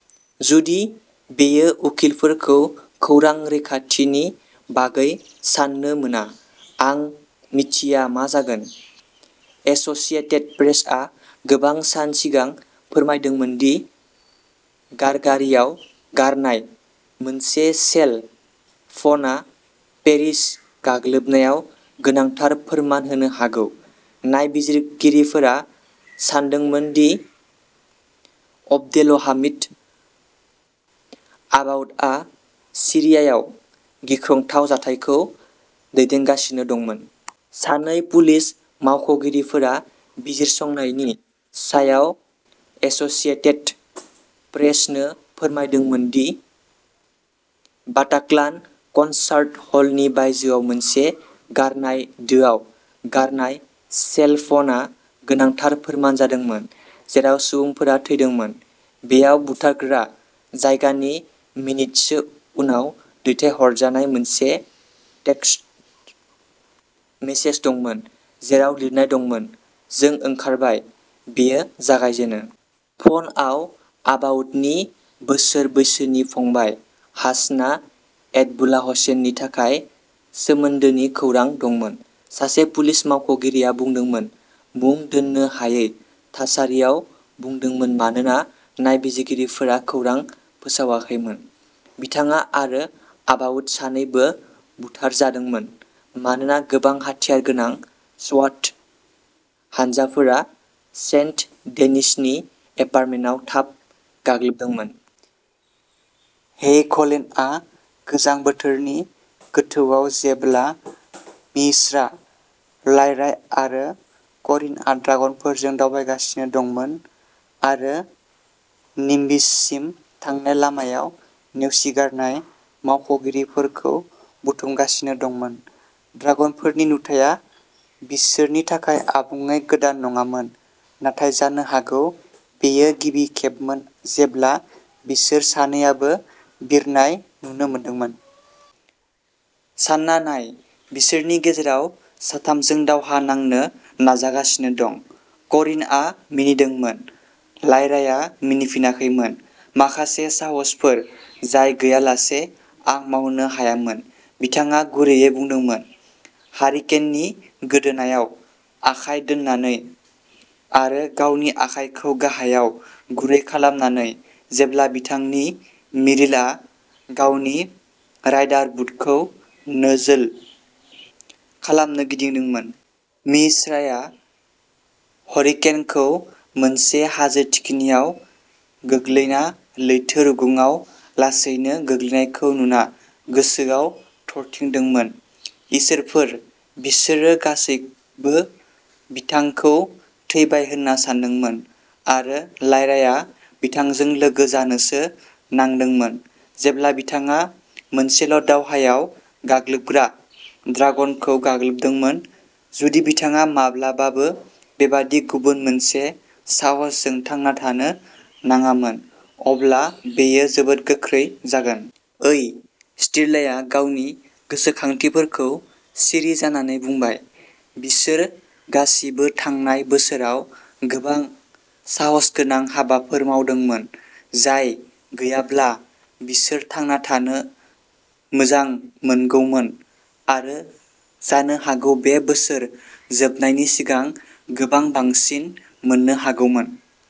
जुदि बेयो उखिलफोरखौ खौरां रैखाथिनि बागै सान्नो मोना, आं मिथिया मा जागोन। एसोसिएटेड प्रेसआ गोबां सान सिगां फोरमायदोंमोन दि गारगारियाव गारनाय मोनसे सेल फना पेरिस गाग्लोबनायाव गोनांथार फोरमान होनो हागौ। नायबिजिरगिरिफोरा सानदोंमोन दि अब्देलहामिद आबाउदआ सिरियायाव गिख्रंथाव जाथायखौ दैदेनगासिनो दंमोन। सानै पुलिस मावख'गिरिफोरा बिजिरसंनायनि सायाव एसोसिएटेड प्रेसनो फोरमायदोंमोन दि बाटाक्लान कनसार्ट हलनि बायजोआव मोनसे गारनाय दोआव गारनाय सेलफोनआ गोनांथार फोरमान जादोंमोन-जेराव सुबुंफोरा थैदोंमोन। बेयाव बुथारग्रा जागायनायनि मिनिटसो उनाव दैथायहरजानाय मोनसे टेक्सट मेसेज दंमोन, जेराव लिरनाय दंमोन: "जों ओंखारबाय, बेयो जागायजेनो। " फनआव आबाउडनि बोसोर बैसोनि फंबाय, हासना ऐतबुलाहसेननि थाखाय सोमोन्दोनि खौरां दंमोन, सासे पुलिस मावख'गिरिआ बुंदोंमोन, मुं दोननो हायै थासारियाव बुंदोंमोन मानोना नायबिजिरगिरिफोरा खौरांखौ फोसावाखैमोन। बिथाङा आरो आबाउड सानैबो बुथारजादोंमोन मानोना गोबां हाथियार गोनां स्वाट हानजाफोरा सेन्ट-डेनिसनि एपार्टमेन्टआव थाब गाग्लोबदोंमोन। हेयघलेनआ गोजां बोथोरनि गोथौआव जेब्ला म्हिस्रा, लायराइ आरो करिनआ ड्रागनफोरजों दावबायगासिनो दंमोन आरो निम्बिससिम थांनाय लामायाव नेवसिगारनाय मावख'गिरिफोरखौ बुथुमगासिनो दंमोन। ड्रागनफोरनि नुथाया बिसोरनि थाखाय आबुङै गोदान नङामोन, नाथाय जानो हागौ बेयो गिबि खेबमोन जेब्ला बिसोर सानैआबो बिरनाय नुनो मोनदोंमोन। "सानना नाय, बिसोरनि गेजेराव साथामजों दावहा नांनो नाजागासिनो दं", करिनआ मिनिदोंमोन। लायरायआ मिनिफिनाखैमोन। "माखासे साहसफोर जाय गैयालासे आं मावनो हायोमोन", बिथाङा गुरैयै बुंदोंमोन, हारिकेननि गोदोनायाव आखाइ दोन्नानै आरो गावनि आखाइखौ गाहायाव गुरै खालामनानै जेब्ला बिथांनि मिरिलआ गावनि राइडार बुटखौ नोजल खालामनो गिदिंदोंमोन। म्हिस्राया हारिकेनखौ मोनसे हाजो थिखिनियाव गोग्लैना लैथो रुगुंआव लासैनो गोग्लैनायखौ नुना गोसोआव थरथिंदोंमोन। इसोरफोर, बिसोरो गासैबो बिथांखौ थैबाय होन्ना सान्दोंमोन, आरो लायरायआ बिथांजों लोगो जानोसो नांदोंमोन जेब्ला बिथाङा मोनसेल'दावहायाव गाग्लोबग्रा ड्रागनखौ गाग्लोबदोंमोन। जुदि बिथाङा माब्लाबाबो बेबादि गुबुन मोनसे साहसजों थांना थानो नाङामोन, अब्ला बेयो जोबोद गोख्रै जागोन। "ओइ", स्टिरलाया गावनि गोसोखांथिफोरखौ सिरि जानानै बुंबाय। बिसोर गासिबो थांनाय बोसोराव गोबां साहसगोनां हाबाफोर मावदोंमोन, जाय गैयाब्ला बिसोर थांना थानो मोजांमोनगौमोन-आरो जानो हागौ बे बोसोर जोबनायनि सिगां गोबां बांसिन मोन्नो हागौमोन।